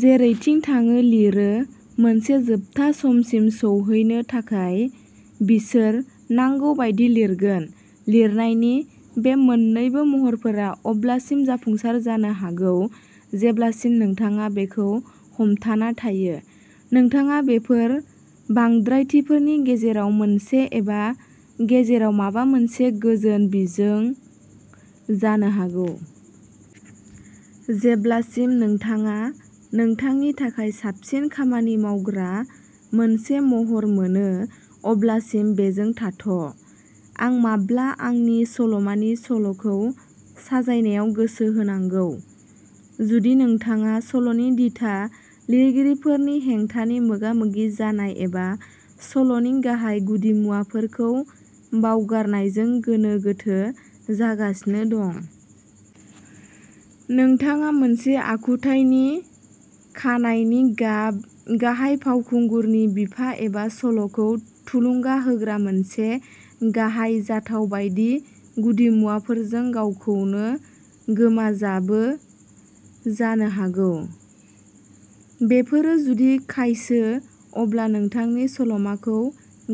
जेरैथिं थाङो लिरो मोनसे जोबथा समसिम सौहैनो थाखाय बिसोर नांगौ बायदि लिरगोन। लिरनायनि बे मोननैबो महरफोरा अब्लासिम जाफुंसार जानो हागौ जेब्लासिम नोंथाङा बेखौ हमथाना थायो। नोंथाङा बेफोर बांद्रायथिफोरनि गेजेराव मोनसे एबा गेजेराव माबा मोनसे गोजोन बिजों जानो हागौ। जेब्लासिम नोंथाङा नोंथांनि थाखाय साबसिन खामानि मावग्रा मोनसे महर मोनो अब्लासिम बेजों थाथ'। आं माब्ला आंनि सल'मानि सल'खौ साजायनायाव गोसो होनांगौ? जुदि नोंथाङा सल'नि दिथा लिरगिरिफोरनि हेंथानि मोगा-मोगि जानाय एबा सल'नि गाहाय गुदिमुवाफोरखौ बावगारनायजों गोनो-गोथो जागासिनो दं। नोंथाङा मोनसे आखुथायनि खानाइनि गाब गाहाय फावखुंगुरनि बिफा एबा सल'खौ थुलुंगा होग्रा मोनसे गाहाय जाथाय बायदि गुदिमुवाफोरजों गावखौनो गोमाजाबो जानो हागौ। बेफोरो जुदि खायसो अब्ला नोंथांनि सल'माखौ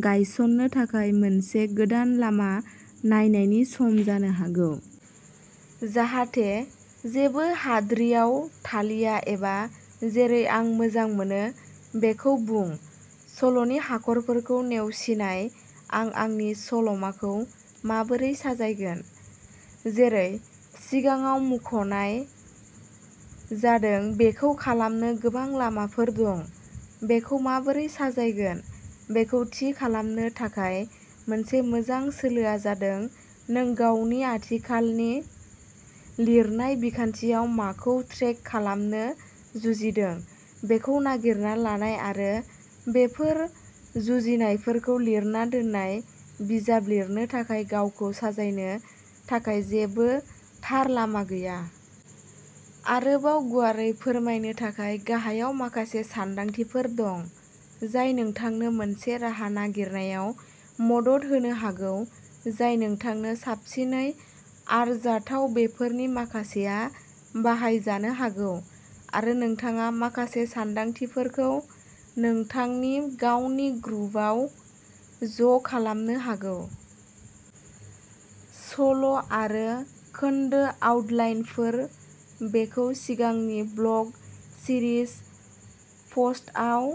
गायसननो थाखाय मोनसे गोदान लामा नायनायनि सम जानो हागौ। जाहाथे जेबो हाद्रिआव थालिया एबा जेरै आं मोजां मोनो बेखौ बुं सल'नि हाखरफोरखौ नेवसिनाय आं आंनि सल'माखौ माबोरै साजायगोन? जेरै सिगाङाव मुंख'नाय जादों बेखौ खालामनो गोबां लामाफोर दं। बेखौ माबोरै साजायगोन बेखौ थि खालामनो थाखाय मोनसे मोजां सोलोआ जादों नों गावनि आथिखालनि लिरनाय बिखान्थियाव माखौ ट्रेक खालामनो जुजिदों बेखौ नागिरना लानाय आरो बेफोर जुजिनायफोरखौ लिरना दोननाय बिजाब लिरनो थाखाय गावखौ साजायनो थाखाय जेबो थार लामा गैया। आरोबाव गुवारै फोरमायनो थाखाय गाहायाव माखासे सानदांथिफोर दं जाय नोंथांनो मोनसे राहा नागिरनायाव मदद होनो हागौ जाय नोंथांनो साबसिनै आरजाथाव बेफोरनि माखासेया बाहायजानो हागौ आरो नोंथाङा माखासे सानदांथिफोरखौ नोंथांनि गावनि ग्रुवआव ज'खालामनो हागौ। सल'आरो खोन्दो आउटलाइनफोर बेखौ सिगांनि ब्लग सिरिज पस्टआव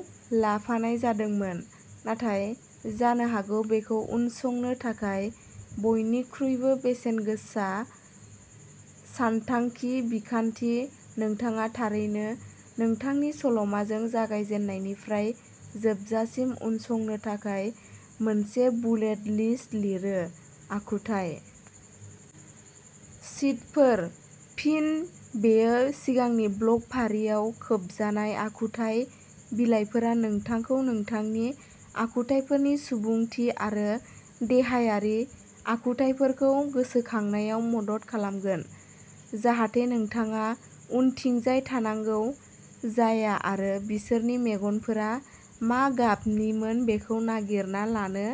लाफानाय जादोंमोन नाथाय जानो हागौ बेखौ उनसंनो थाखाय बयनिख्रुइबो बेसेनगोसा सानथांखि बिखान्थि‌ नोंथाङा थारैनो नोंथांनि सल'माजों जागायजेननायनिफ्राय जोबजासिम उनसंनो थाखाय मोनसे बुलेट लिस्ट लिरो। आखुथाइ शीटफोर फिन बेयो सिगांनि ब्लग फारिआव खोबजानाय आखुथाइ बिलाइफोरा नोंथांखौ नोंथांनि आखुथाइफोरनि सुबुंथि आरो देहायारि आखुथायफोरखौ गोसोखांनायाव मदद खालामगोन जाहाथे नोंथाङा उनथिंजाय थांनांगौ जाया आरो बिसोरनि मेगनफोरा मा गाबनिमोन बेखौ नागिरना लानो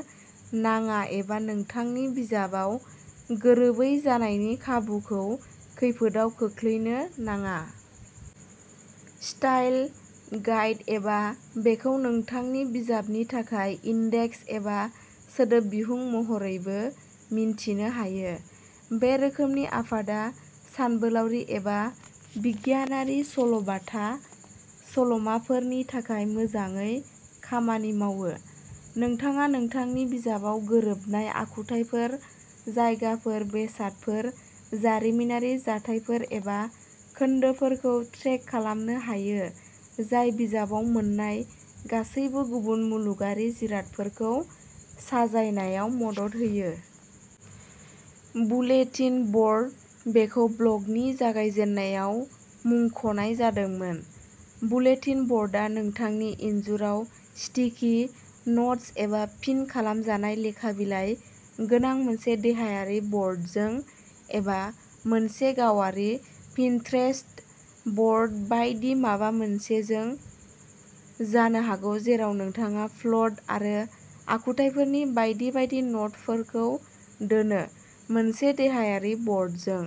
नाङा एबा नोंथांनि बिजाबाव गोरोबै जानायनि खाबुखौ खैफोदआव खोख्लैनो नाङा। स्टाइल गाइड एबा बेखौ नोंथांनि बिजाबनि थाखाय इन्डेक्स एबा सोदोब बिहुं महरैबो मिन्थिनो हायो। बे रोखोमनि आफादा सानबोलावरि एबा बिगियानारि सल'बाथा सल'माफोरनि थाखाय मोजाङै खामानि मावो। नोंथाङा नोंथांनि बिजाबाव गोरोबनाय आखुथाइफोर, जायगाफोर, बेसादफोर, जारिमिनारि जाथायफोर एबा खोन्दोफोरखौ ट्रेक खालामनो हायो जाय बिजाबाव मोननाय गासैबो गुबुन मुलुगारि जिरादफोरखौ साजायनायाव मदद होयो। बुलेटिन बर्ड बेखौ ब्लगनि जागायजेननायाव मुंख'नाय जादोंमोन। बुलेटिन बर्डआ नोंथांनि इनजुराव स्टिकि न'ट्स एबा पिन खालामनाय लेखा बिलाइ गोनां मोनसे देहायारि बर्डजों एबा मोनसे गावारि पिनट्रेस्ट बर्ड बायदि माबा मोनसेजों जानो हागौ जेराव नोंथाङा प्लट आरो आखुथाइफोरनि बायदि बायदि न'टफोरखौ दोनो। मोनसे देहायारि बर्डजों।